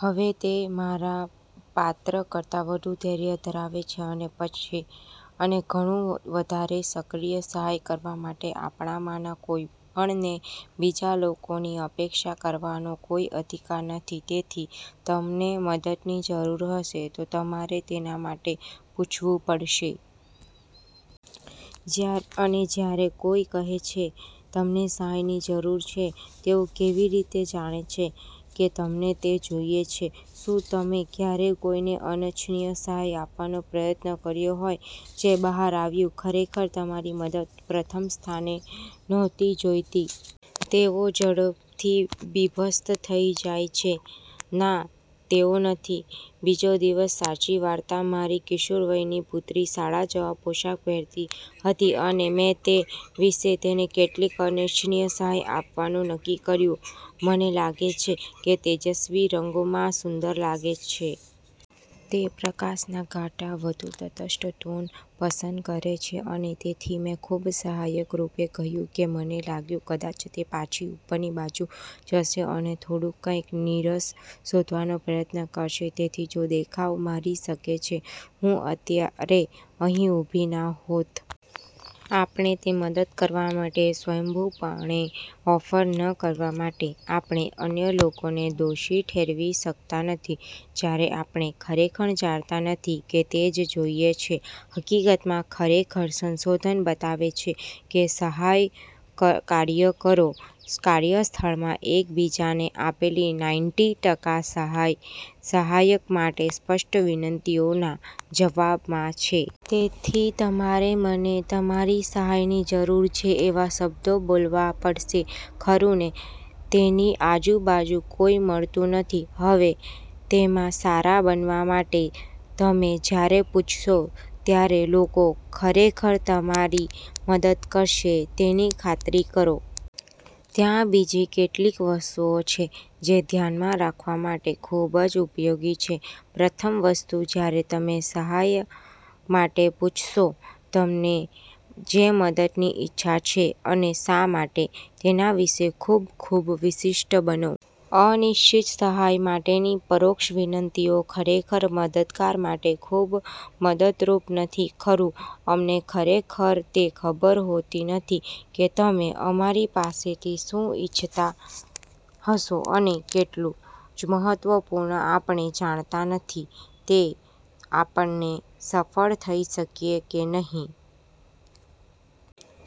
હવે, તે મારા પાત્ર કરતાં વધુ ધૈર્ય ધરાવે છે અને ઘણું વધારે સક્રિય, સહાય કરવા માટે આપણામાંના કોઈપણને બીજા લોકોની અપેક્ષા કરવાનો કોઈ અધિકાર નથી. તેથી તમને મદદની જરૂર હશે તો તમારે તેના માટે પૂછવું પડશે. અને જ્યારે કોઈ કહે કે તમને સહાયની જરૂર છે, તેઓ કેવી રીતે જાણે કે તમને તે જોઈએ છે? શું તમે ક્યારેય કોઈને અનિચ્છનીય સહાય આપવાનો પ્રયત્ન કર્યો હોય જે બહાર આવ્યું, ખરેખર તમારી મદદ પ્રથમ સ્થાને નહોતી જોઈતી? તેઓ ઝડપથી બીભત્સ થઈ જાય છે. ના તેઓ નથી? બીજો દિવસ સાચી વાર્તા મારી કિશોરવયની પુત્રી શાળા જવા પોશાક પહેરતી હતી અને મેં તે વિશે તેને કેટલીક અનિચ્છનીય સહાય આપવાનું નક્કી કર્યું. મને લાગે છે કે તે તેજસ્વી રંગોમાં સુંદર લાગે છે. તે પ્રકારના ઘાટા વધુ તટસ્થ ટોન પસંદ કરે છે અને તેથી મેં ખૂબ સહાયક રૂપે કહ્યું કે મને લાગ્યું કદાચ તે પાછી ઉપરની બાજુ જશે અને થોડું કંઈક નીરસ શોધવાનો પ્રયત્ન કરશે. તેથી, જો દેખાવ મારી શકે છે, હું અત્યારે અહીં ઊભી ના હોત. આપણને મદદ કરવા માટે સ્વયંભૂપણે ઓફર ન કરવા માટે આપણે અન્ય લોકોને દોષી ઠેરવી શકતા નથી જ્યારે આપણે ખરેખર જાણતા નથી કે તે જ જોઈએ છે. હકીકતમાં, ખરેખર, સંશોધન બતાવે છે કે સહકાર્યકરો કાર્યસ્થળમાં એક બીજાને આપેલી નાઈન્ટી ટકા સહાય સહાય માટે સ્પષ્ટ વિનંતીઓના જવાબમાં છે. તેથી તમારે "મને તમારી સહાયની જરૂર છે" એવા શબ્દો બોલવા પડશે. ખરું ને? તેની આજુબાજુ કોઈ મળતું નથી. હવે, તેમાં સારા બનવા માટે તમે જ્યારે પૂછશો ત્યારે લોકો ખરેખર તમારી મદદ કરશે, તેની ખાતરી કરો. ત્યાં બીજી કેટલીક વસ્તુઓ છે જે ધ્યાનમાં રાખવા માટે ખૂબ જ ઉપયોગી છે. પ્રથમ વસ્તુ, જ્યારે તમે સહાય માટે પૂછશો, તમને જે મદદની ઇચ્છા છે અને શા માટે, તેના વિશે ખૂબ, ખૂબ વિશિષ્ટ બનો. અનિશ્ચિત, સહાય માટેની પરોક્ષ વિનંતીઓ ખરેખર મદદગાર માટે ખૂબ મદદરૂપ નથી, ખરું? અમને ખરેખર તે ખબર હોતી નથી કે તમે અમારી પાસેથી શું ઇચ્છતા હશો અને એટલું જ મહત્વપૂર્ણ, આપણે જાણતા નથી કે આપણે સફળ થઈ શકીએ કે નહીં.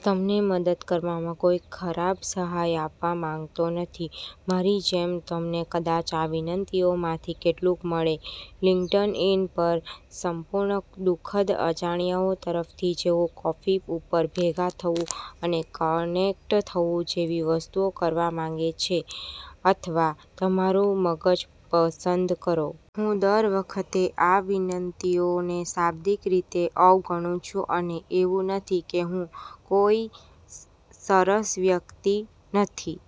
તમને મદદ કરવામાં કોઈ ખરાબ સહાય આપવા માંગતો નથી. મારી જેમ તમને કદાચ આ વિનંતીઓમાંથી કેટલીક મળે લિંક્ડઇન પર સંપૂર્ણ સુખદ અજાણ્યાઓ તરફથી જેઓ "કોફી ઉપર ભેગા થવું અને કનેક્ટ થવું" જેવી વસ્તુઓ કરવા માંગે છે અથવા "તમારું મગજ પસંદ કરો." હું દર વખતે આ વિનંતીઓને શાબ્દિક રીતે અવગણું છું. અને એવું નથી કે હું કોઈ સરસ વ્યક્તિ નથી.